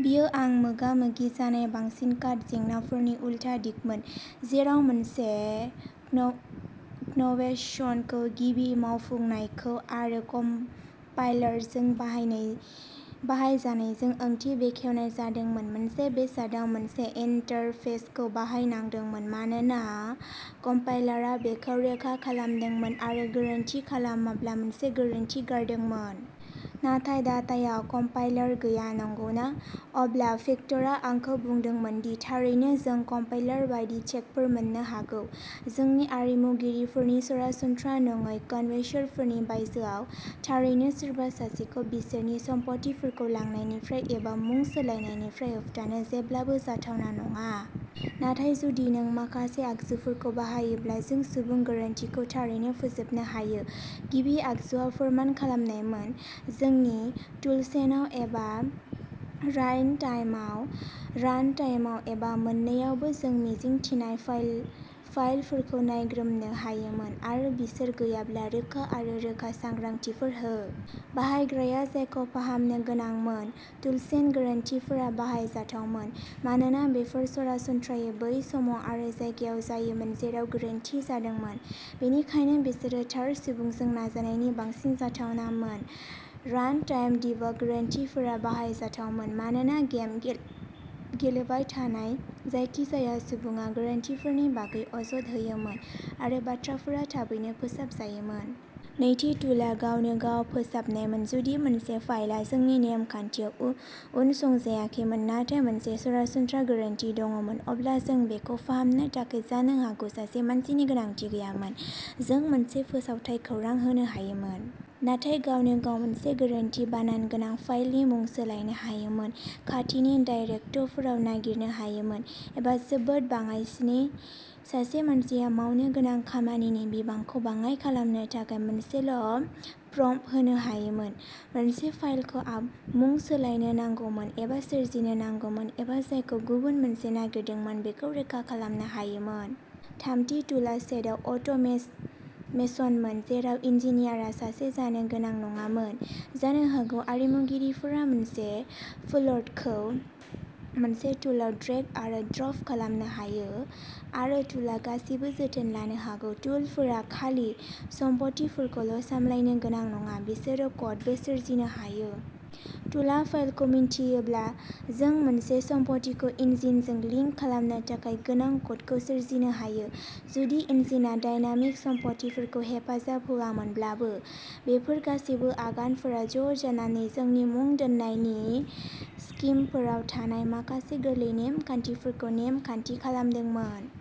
बेयो आं मोगा-मोगि जानाय बांसिन क'ड जेंनाफोरनि उलथा दिगमोन, जेराव मोनसे कन्वेन्शनखौ गिबि मावफुंनायजों आरो कम्पाइलारजों बाहायजानायजों ओंथि बेखेवनाय जादोंमोन। मोनसे बेसादआ मोनसे इन्टरफेसखौ बाहायनांदोंमोन मानोना कम्पाइलारआ बेखौ रोखा खालामदोंमोन, आरो गोरोन्थि खालामाब्ला मोनसे गोरोन्थि गारदोंमोन। नाथाय डाटायाव कम्पाइलार गैया, नंगौना? अब्ला भिक्टरआ आंखौ बुंदोंमोन दि थारैनो, जों कम्पाइलार बायदि चेकफोर मोन्नो हागौ, जोंनि आरिमुगिरिफोरनि सरासनस्रा नङै कन्वेन्शनफोरनि बायजोआव। थारैनो, सोरबा सासेखौ बिसोरनि सम्फथिफोरखौ लांनायनिफ्राय एबा मुं सोलायनायनिफ्राय होबथानो जेब्लाबो जाथावना नङा। नाथाय जुदि जों माखासे आगजुफोरखौ बाहायोब्ला जों सुबुं गोरोन्थिखौ थारैनो फोजोबनो हायो। गिबि आगजुआ फोरमान खालामनायमोन। जोंनि टुलचेनआव, एबा रानटाइमआव, एबा मोन्नैआवबो, जों मिजिंथिनाय फाइलफोरखौ नायग्रोमनो हायोमोन, आरो बिसोर गैयाब्ला, रोखा आरो रोखा सांग्रांथिफोर हो। बाहायग्राया जायखौ फाहामनो गोनांमोन। टुलचेन गोरोन्थिफोरा बाहायजाथावमोन मानोना बेफोर सरासनस्रायै बै समाव आरो जायगायाव जायोमोन जेराव गोरोन्थि जादोंमोन, बेनिखायनो बेफोरो थार सुबुंजों नुजानायनि बांसिन जाथावनामोन। रानटाइम डिबाग गोरोन्थिफोरा बाहायजाथावमोन मानोना गेम गेलेबाय थानाय जायखिजाया सुबुङा गोरोन्थिफोरनि बागै अजद होयोमोन, आरो बाथ्राफोरा थाबैनो फोसाबजायोमोन। नैथि टुलआ गावनो गाव फोसाबनायमोन। जुदि मोनसे फाइलआ जोंनि नेमखान्थियाव उनसंजायाखैमोन नाथाय मोनसे सरासनस्रा गोरोन्थि दंमोन, अब्ला जों बेखौ फाहामनो थाखाय जानो हागौ सासे मानसिनि गोनांथि गैयामोन। जों मोनसे फोसावथाय खौरां होनो हायोमोन, नाथाय गावनो गाव मोनसे गोरोन्थि बानान गोनां फाइलनि मुं सोलायनो हायोमोन, खाथिनि दाइरेक्ट'रिफोराव नागिरनो हायोमोन, एबा जोबोद बाङाइसिनै, सासे मानसिया मावनो गोनां खामानिनि बिबांखौ बाङाय खालामनो थाखाय मोनसेल'प्रम्पट होनो हायोमोन, मोनसे फाइलखौ मुं सोलायनो नांगौमोन, एबा सोरजिनो नांगौमोन, एबा जायखौ गुबुन मोनसे नागारदोंमोन बेखौ रोखा खालामनो हायोमोन। थामथि टुलआ सेटआप अट'मेसनमोन, जेराव इन्जिनियारआ सासे जानो गोनां नङामोन। जानो हागौ आरिमुगिरिफोरा मोनसे फोल्डरखौ मोनसे टुलआव ड्रेग आरो ड्रप खालामनो हायो, आरो टुलआ गासिबो जोथोन लानो हागौ। टुलफोरा खालि सम्फथिफोरखौल'सामलायनो गोनां नङा, बिसोरो क'डबो सोरजिनो हायो। टुलआ फाइलखौ मिन्थियोब्ला, जों मोनसे सम्फथिखौ इन्जिनजों लिंक खालामनो थाखाय गोनां क'डखौ सोरजिनो हायो, जुदि इन्जिनआ डायनामिक सम्फथिफोरखौ हेफाजाब होआमोनब्लाबो। बेफोर गासैबो आगानफोरा ज'जानानै जोंनि मुं दोननायनि स्किमफोराव थानाय माखासे गोरलै नेमखान्थिफोरखौ नेमखान्थि खालामदोंमोन।